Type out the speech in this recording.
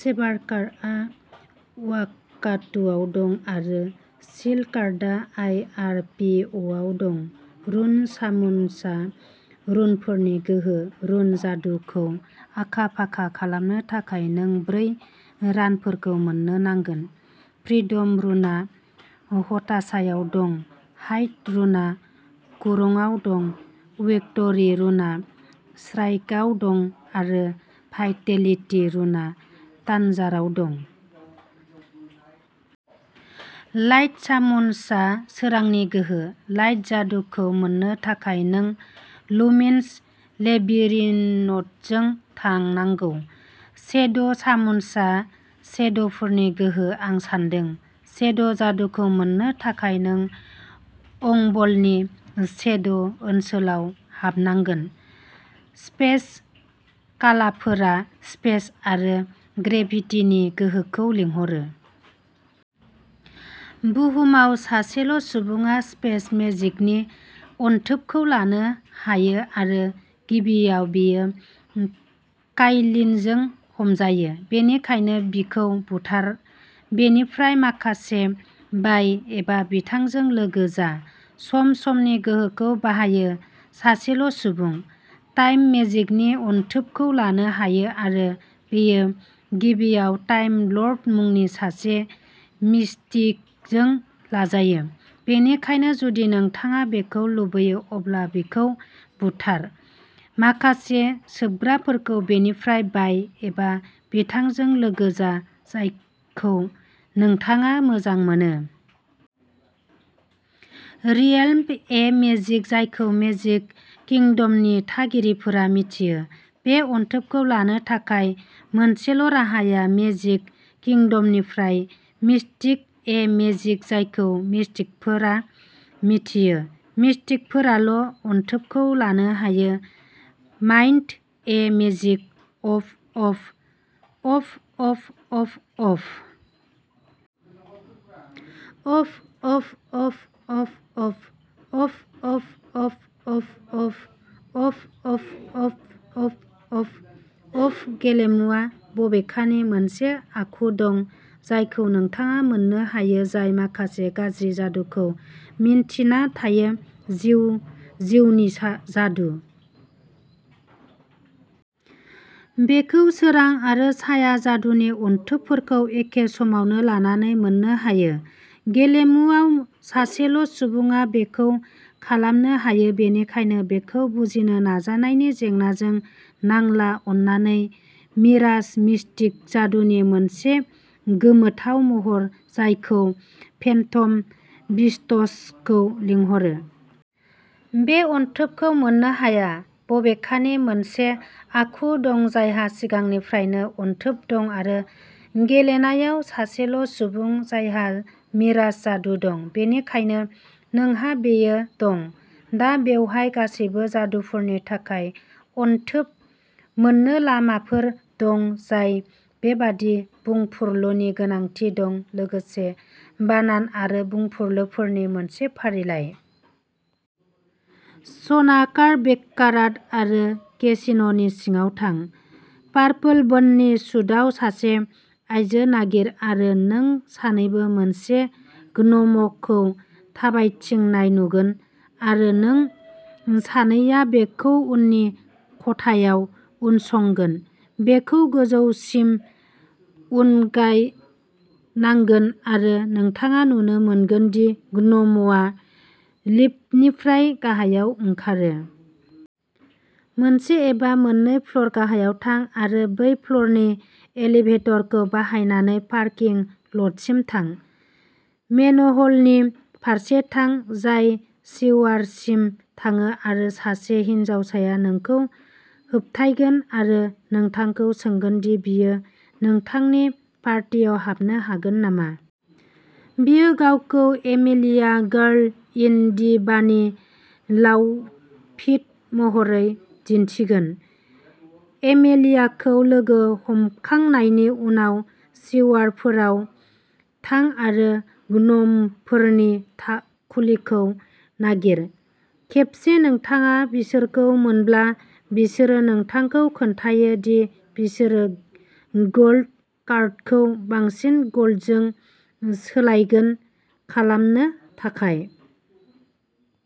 सेबार कार्डआ वाकातुआव दं आरो शील्ड कार्डआ आइ. आर. पि. अ'आव दं। रुन-सामुनसआ रुनफोरनि गोहो। रुन जादुखौ आखा-फाखा खालामनो थाखाय, नों ब्रै रानफोरखौ मोन्नो नांगोन। फ्रिडम रुनआ हताशायाव दं, हाइड रुनआ कुरंआव दं, विक्ट'रि रुनआ श्राइकआव दं, आरो भाइटेलिटि रुनआ तान्जाराव दं। लाइट सामुनसआ सोरांनि गोहो। लाइट जादुखौ मोन्नो थाखाय नों लुमिनस लेबिरिनथजों थांनांगौ। शेडो सामुनसआ शेडोफोरनि गोहो, आं सान्दों। शेडो जादुखौ मोन्नो थाखाय नों अंबलनि शेडो ओनसोलाव हाबनांगोन। स्पेस-कालफोरा स्पेस आरो ग्रेभिटिनि गोहोखौ लिंहरो। बुहुमाव सासेल'सुबुङा स्पेस मेजिकनि अनथोबखौ लानो हायो आरो गिबियाव, बेयो काइलिनजों हमजायो, बेनिखायनो बिखौ बुथार, बेनिफ्राय माखासे बाय, एबा बिथांजों लोगो जा। सम-समनि गोहोखौ बाहायो। सासेल' सुबुं। टाइम मेजिकनि अनथोबखौ लानो हायो आरो बेयो गिबियाव टाइम लर्ड मुंनि सासे मिस्टिकजों लाजायो, बेनिखायनो जुदि नोंथाङा बेखौ लुबैयो अब्ला बिखौ बुथार, माखासे सोबग्राफोरखौ बेनिफ्राय बाय, एबा बिथांजों लोगो जा, जायखौ नोंथाङा मोजां मोनो। रियेल्म ए मेजिक जायखौ मेजिक किंडमनि थागिरिफोरा मिथियो। बे अनथोबखौ लानो थाखाय मोनसेल' राहाया मेजिक किंडमनिफ्राय मिस्टिक-ए मेजिक जायखौ मिस्टिकफोरा मिथियो। मिस्टिकफोराल' अनथोबखौ लानो हायो। माइन्ड-ए magic... of... of... of... of... of... of... of... of... of... of... of... of... of... of... of... of... of... of... of... of... of... of. गेलेमुआ, बबेखानि मोनसे आखु दं जायखौ नोंथाङा मोन्नो हायो जाय माखासे गाज्रि जादुखौ मिन्थिना थायो। जिउ जिउनि सा जादु। बेखौ सोरां आरो साया जादुनि अनथोबफोरखौ एखे समावनो लानानै मोननो हायो। गेलेमुआव सासेल' सुबुङा बेखौ खालामनो हायो, बेनिखायनो बेखौ बुजिनो नाजानायनि जेंनाजों नांला अन्नानै मिराज-मिस्टिक जादुनि मोनसे गोमोथाव महर जायखौ फेन्टम बिस्टसखौ लिंहरो। बे अनथोबखौ मोननो हाया, बबेखानि मोनसे आखु दं जायहा सिगांनिफ्रायनो अनथोब दं आरो गेलेनायाव सासेल' सुबुं जायहा मिराज जादु दं। बेनिखायनो नोंहा बेयो दं। दा बेवहाय गासैबो जादुफोरनि थाखाय "अनथोब" मोन्नो लामाफोर दं जाय बेबादि बुंफुरलुनि गोनांथि दं, लोगोसे बानान आरो बुंफुरलुफोरनि मोनसे फारिलाइ। सना कार्ड-बेक्कारात आरो केसिन'नि सिङाव थां। पार्पल बन्नी सुटआव सासे आयजो नागिर आरो नों सानैबो मोनसे ग्न'मखौ थाबायथिंनाय नुगोन आरो नों सानैया बेखौ उननि खथायाव उनसंगोन। बेखौ गोजौसिम उनगायनांगोन आरो नोंथाङा नुनो मोनगोन दि ग्न'मआ लिफ्टनिफ्राय गाहायाव ओंखारो। मोनसे एबा मोननै फ्ल'र गाहायाव थां आरो बै फ्ल'रनि एलिभेटरखौ बाहायनानै पार्किं ल'टसिम थां। मेनह'लनि फारसे थां, जाय सिवारसिम थाङो आरो सासे हिनजावसाया नोंखौ होबथायगोन आरो नोंथांखौ सोंगोन दि बियो नोंथांनि पार्टियाव हाबनो हागोन नामा। बियो गावखौ एमेलिया गार्ल इन दि बानि लाउटफिट महरै दिन्थिगोन। एमेलियाखौ लोगो हमखांनायनि उनाव सिवारफोराव थां आरो ग्न'मफोरनि थाखुलिखौ नागिर। खेबसे नोंथाङा बिसोरखौ मोनब्ला, बिसोरो नोंथांखौ खोन्थायो दि बिसोरो गल्ड कार्डखौ बांसिन गल्डजों सोलायगोन खालामनो थाखाय।